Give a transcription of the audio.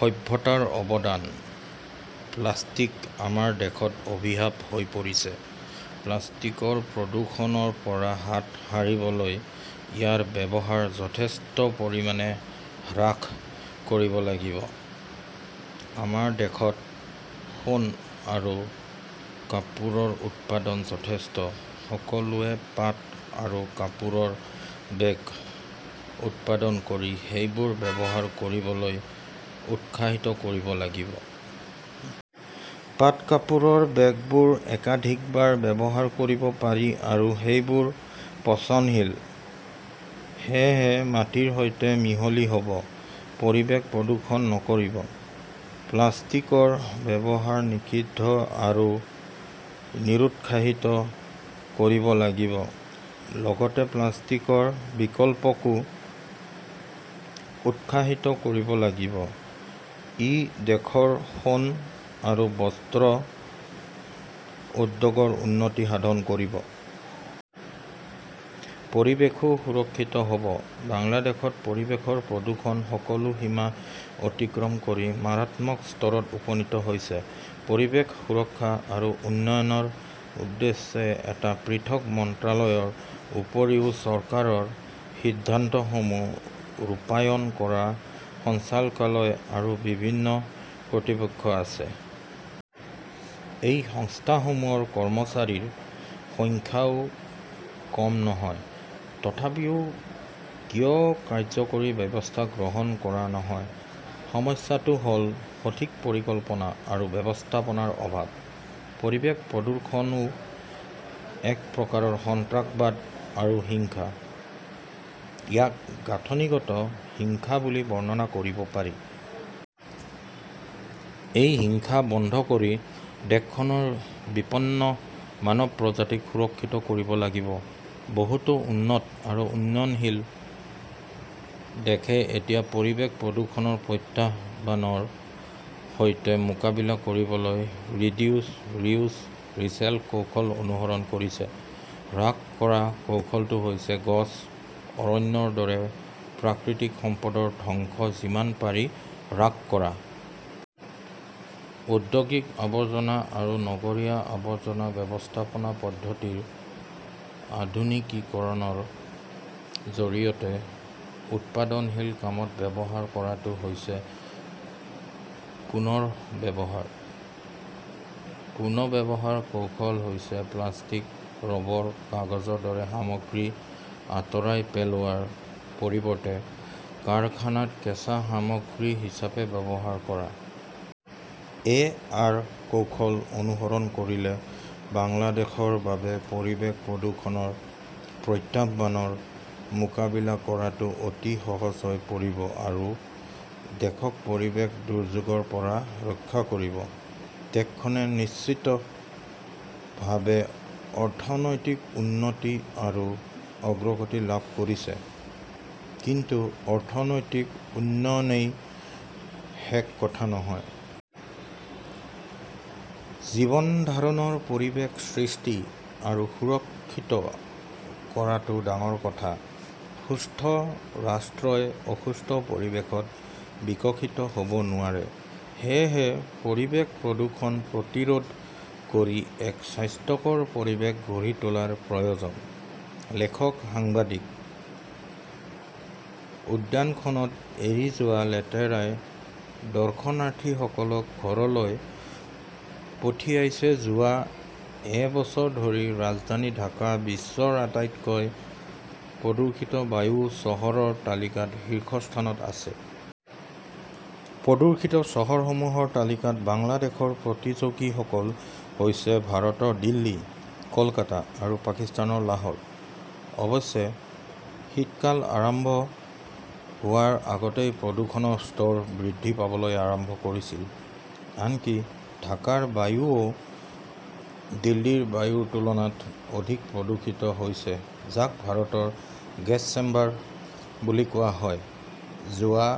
সভ্যতাৰ অৱদান প্লাষ্টিক আমাৰ দেশত অভিশাপ হৈ পৰিছে। প্লাষ্টিকৰ প্ৰদূষণৰ পৰা হাত সাৰিবলৈ ইয়াৰ ব্যৱহাৰ যথেষ্ট পৰিমাণে হ্ৰাস কৰিব লাগিব। আমাৰ দেশত শণ আৰু কাপোৰৰ উৎপাদন যথেষ্ট। সকলোৱে পাট আৰু কাপোৰৰ বেগ উৎপাদন কৰি সেইবোৰ ব্যৱহাৰ কৰিবলৈ উৎসাহিত কৰিব লাগিব। পাট-কাপোৰৰ বেগবোৰ একাধিকবাৰ ব্যৱহাৰ কৰিব পাৰি, আৰু সেইবোৰ পচনশীল, সেয়েহে মাটিৰ সৈতে মিহলি হ 'ব, পৰিৱেশ প্ৰদূষণ নকৰিব। প্লাষ্টিকৰ ব্যৱহাৰ নিষিদ্ধ আৰু নিৰুৎসাহিত কৰিব লাগিব। লগতে প্লাষ্টিকৰ বিকল্পকো উৎসাহিত কৰিব লাগিব। ই দেশৰ শণ আৰু বস্ত্ৰ উদ্যোগৰ উন্নতি সাধন কৰিব। পৰিৱেশও সুৰক্ষিত হ "ব। বাংলাদেশত পৰিৱেশৰ প্ৰদূষণ সকলো সীমা অতিক্ৰম কৰি মাৰাত্মক স্তৰত উপনীত হৈছে। পৰিৱেশ সুৰক্ষা আৰু উন্নয়নৰ উদ্দেশ্যে এটা পৃথক মন্ত্ৰালয়ৰ উপৰিও চৰকাৰৰ সিদ্ধান্তসমূহ ৰূপায়ণ কৰা সঞ্চালকালয় আৰু বিভিন্ন কৰ্তৃপক্ষ আছে। এই সংস্থাসমূহৰ কৰ্মচাৰীৰ সংখ্যাও কম নহয়। তথাপিও কিয় কাৰ্যকৰী ব্যৱস্থা গ্ৰহণ কৰা নহয়? সমস্যাটো হ "ল সঠিক পৰিকল্পনা আৰু ব্যৱস্থাপনাৰ অভাৱ। পৰিৱেশ প্ৰদূষণও এক প্ৰকাৰৰ সন্ত্ৰাসবাদ আৰু হিংসা। ইয়াক গাঁথনিগত হিংসা বুলি বৰ্ণনা কৰিব পাৰি। এই হিংসা বন্ধ কৰি দেশখনৰ বিপন্ন মানৱ প্ৰজাতিক সুৰক্ষিত কৰিব লাগিব। বহুতো উন্নত আৰু উন্নয়নশীল দেশে এতিয়া পৰিৱেশ প্ৰদূষণৰ প্ৰত্যাহ্বানৰ সৈতে মোকাবিলা কৰিবলৈ ৰিডিউছ, ৰিউচ, ৰিচেক্ল কৌশল অনুসৰণ কৰিছে। হ্ৰাস কৰা কৌশলটো হৈছে গছ, অৰণ্যৰ দৰে প্ৰাকৃতিক সম্পদৰ ধ্বংস যিমান পাৰি হ্ৰাস কৰা। ঔদ্যোগিক আৱৰ্জনা আৰু নগৰীয়া আৱৰ্জনা ব্যৱস্থাপনা পদ্ধতিৰ আধুনিকীকৰণৰ জৰিয়তে উৎপাদনশীল কামত ব্যৱহাৰ কৰাটো হৈছে পুনৰ ব্যৱহাৰ। পুনৰ্ব্যৱহাৰ কৌশল হৈছে প্লাষ্টিক, ৰবৰ, কাগজৰ দৰে সামগ্ৰী আঁতৰাই পেলোৱাৰ পৰিৱৰ্তে কাৰখানাত কেঁচা সামগ্ৰী হিচাপে ব্যৱহাৰ কৰা। এ আৰ কৌশল অনুসৰণ কৰিলে বাংলাদেশৰ বাবে পৰিৱেশ প্ৰদূষণৰ প্ৰত্যাহ্বানৰ মোকাবিলা কৰাটো অতি সহজ হৈ পৰিব আৰু দেশক পৰিৱেশ দুৰ্যোগৰ পৰা ৰক্ষা কৰিব। দেশখনে নিশ্চিতভাৱে অৰ্থনৈতিক উন্নতি আৰু অগ্ৰগতি লাভ কৰিছে। কিন্তু অৰ্থনৈতিক উন্নয়নই শেষ কথা নহয়। জীৱন ধাৰণৰ পৰিৱেশ সৃষ্টি আৰু সুৰক্ষিত কৰাটো ডাঙৰ কথা। সুস্থ ৰাষ্ট্ৰই অসুস্থ পৰিৱেশত বিকশিত হ "ব নোৱাৰে। সেয়েহে পৰিৱেশ প্ৰদূষণ প্ৰতিৰোধ কৰি এক স্বাস্থ্যকৰ পৰিৱেশ গঢ়ি তোলাৰ প্ৰয়োজন। লেখকঃ সাংবাদিক। উদ্যানখনত এৰি যোৱা লেতেৰাই দৰ্শনাৰ্থীসকলক ঘৰলৈ পঠিয়াইছেযোৱা এবছৰ ধৰি ৰাজধানী ঢাকা বিশ্বৰ আটাইতকৈ প্ৰদূষিত বায়ু চহৰৰ তালিকাত শীৰ্ষস্থানত আছে। প্ৰদূষিত চহৰসমূহৰ তালিকাত বাংলাদেশৰ প্ৰতিযোগীসকল হৈছে ভাৰতৰ দিল্লী, কলকাতা আৰু পাকিস্তানৰ লাহোৰ। অৱশ্যে, শীতকাল আৰম্ভ হোৱাৰ আগতেই প্ৰদূষণৰ স্তৰ বৃদ্ধি পাবলৈ আৰম্ভ কৰিছিল। আনকি ঢাকাৰ বায়ুও দিল্লীৰ বায়ুৰ তুলনাত অধিক প্ৰদূষিত হৈছে যাক ভাৰতৰ 'গেছ চেম্বাৰ "বুলি কোৱা হয়। যোৱা